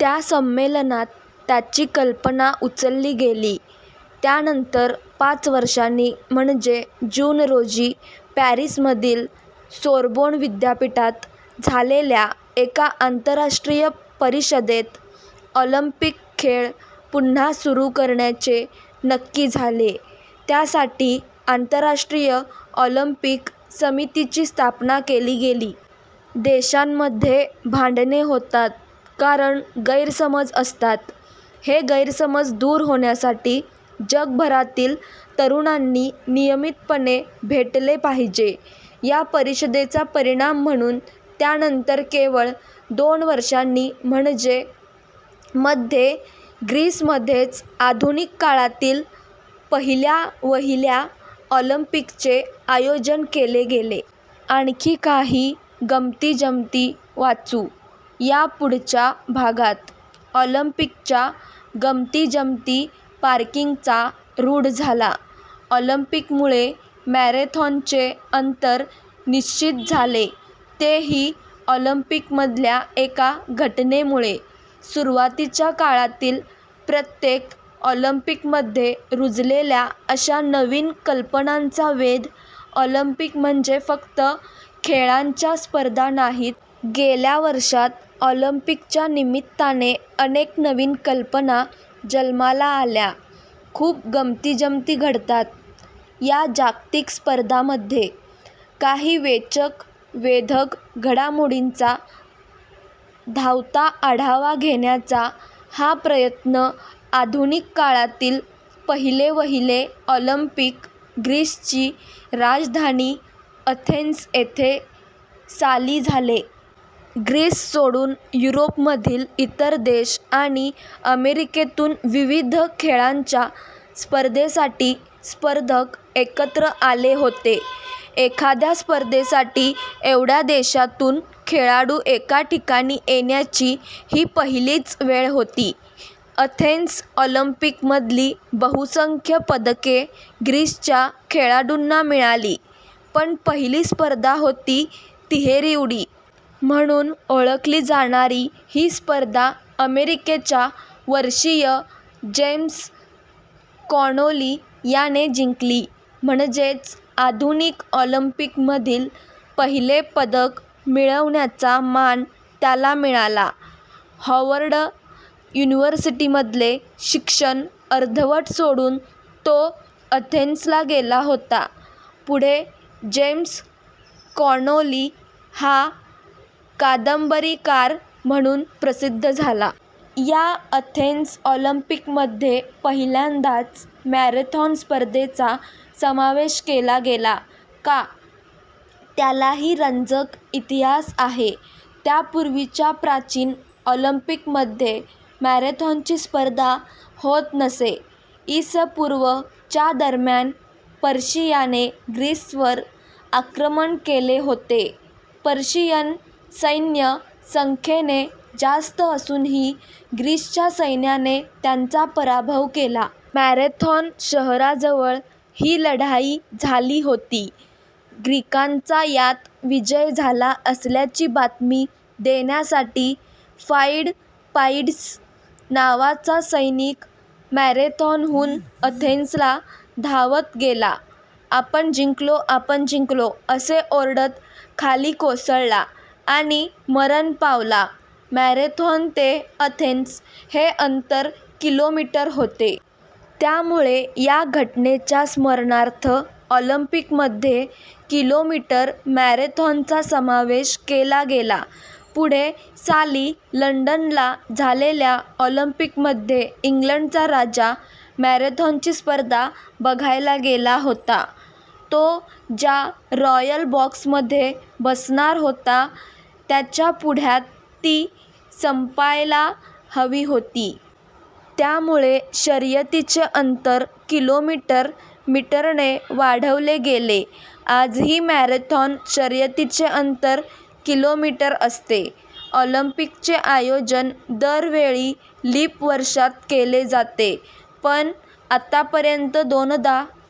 त्या संमेलनात त्याची कल्पना उचलली गेली. त्यानंतर पाच वर्षांनी म्हणजे जून रोजी पॅरिसमधील सोर्बोन विद्यापीठात झालेल्या एका आंतरराष्ट्रीय परिषदेत ऑलिम्पिक खेळ पुन्हा सुरू करण्याचे नक्की झाले. त्यासाठी आंतरराष्ट्रीय ऑलिम्पिक समितीची स्थापना केली गेली. देशांमध्ये भांडणे होतात, कारण गैरसमज असतात. हे गैरसमज दूर होण्यासाठी जगभरातील तरुणांनी नियमितपणे भेटले पाहिजे! या परिषदेचा परिणाम म्हणून त्यानंतर केवळ दोन वर्षांनी म्हणजे मध्ये ग्रीसमध्येच आधुनिक काळातील पहिल्यावहिल्या ऑलिम्पिकचे आयोजन केले गेले. आणखी काही गमतीजमती वाचू या पुढच्या भागात. ऑलिम्पिकच्या गमतीजमतीपार्किंगचा '' रूढ झाला ऑलिम्पिकमुळे. मॅरेथॉनचे अंतर निश्चित झाले तेही ऑलिम्पिकमधल्या एका घटनेमुळे. सुरुवातीच्या काळातील प्रत्येक ऑलिम्पिकमध्ये रुजलेल्या अशा नवीन कल्पनांचा वेध... ऑलिम्पिक म्हणजे फक्त खेळांच्या स्पर्धा नाहीत. गेल्या वर्षांत, ऑलिम्पिकच्या निमित्ताने अनेक नवीन कल्पना जन्माला आल्या. खूप गमती-जमती घडतात या जागतिक स्पर्धांमध्ये! काही वेचक, वेधक घडामोडींचा धावता आढावा घेण्याचा हा प्रयत्न- आधुनिक काळातील पहिले-वहिले ऑलिम्पिक ग्रीसची राजधानी अथेन्स येथे साली झाले. ग्रीस सोडून युरोपमधील इतर देश आणि अमेरिकेतून विविध खेळांच्या स्पर्धेसाठी स्पर्धक एकत्र आले होते. एखाद्या स्पर्धेसाठी एवढ्या देशांतून खेळाडू एका ठिकाणी येण्याची ही पहिलीच वेळ होती. अथेन्स ऑलिम्पिकमधली बहुसंख्य पदके ग्रीसच्या खेळाडूंना मिळाली, पण पहिली स्पर्धा होती, तिहेरी उडी. -- म्हणून ओळखली जाणारी ही स्पर्धा अमेरिकेच्या वर्षीय जेम्स कॉनोली याने जिंकली. म्हणजेच, आधुनिक ऑलिम्पिकमधील पहिले पदक मिळवण्याचा मान त्याला मिळाला. हॉवर्ड युनिव्हर्सिटीमधले शिक्षण अर्धवट सोडून तो अथेन्सला गेला होता. पुढे जेम्स कॉनोली हा कादंबरीकार म्हणून प्रसिद्ध झाला. या अथेन्स ऑलिम्पिकमध्ये पहिल्यांदाच मॅरेथॉन स्पर्धेचा समावेश केला गेला. का, त्यालाही रंजक इतिहास आहे. त्यापूर्वीच्या प्राचीन ऑलिम्पिकमध्ये मॅरेथॉनची स्पर्धा होत नसे. इ. स. पूर्व च्या दरम्यान पर्शियाने ग्रीसवर आक्रमण केले होते. पर्शियन सैन्य संख्येने जास्त असूनही ग्रीसच्या सैन्याने त्यांचा पराभव केला. मॅरेथॉन शहराजवळ ही लढाई झाली होती. ग्रीकांचा यात विजय झाला असल्याची बातमी देण्यासाठी फाइडपाइड्स नावाचा सैनिक मॅरेथॉनहून अथेन्सला धावत गेला. 'आपण जिंकलो, आपण जिंकलो' असे ओरडत खाली कोसळला आणि मरण पावला. मॅरेथॉन ते अथेन्स हे अंतर किलोमीटर होते. त्यामुळे या घटनेच्या स्मरणार्थ ऑलिम्पिकमध्ये किलोमीटर मॅरेथॉनचा समावेश केला गेला. पुढे साली लंडनला झालेल्या ऑलिम्पिकमध्ये इंग्लंडचा राजा मॅरेथॉनची स्पर्धा बघायला गेला होता. तो ज्या रॉयल बॉक्समध्ये बसणार होता, त्याच्या पुढ्यात ती संपायला हवी होती. त्यामुळे शर्यतीचे अंतर किलोमीटर मीटरने वाढवले गेले. आजही मॅरेथॉन शर्यतीचे अंतर किलोमीटर असते. ऑलिम्पिकचे आयोजन दर वेळी लीप वर्षात केले जाते. पण आत्तापर्यंत दोनदा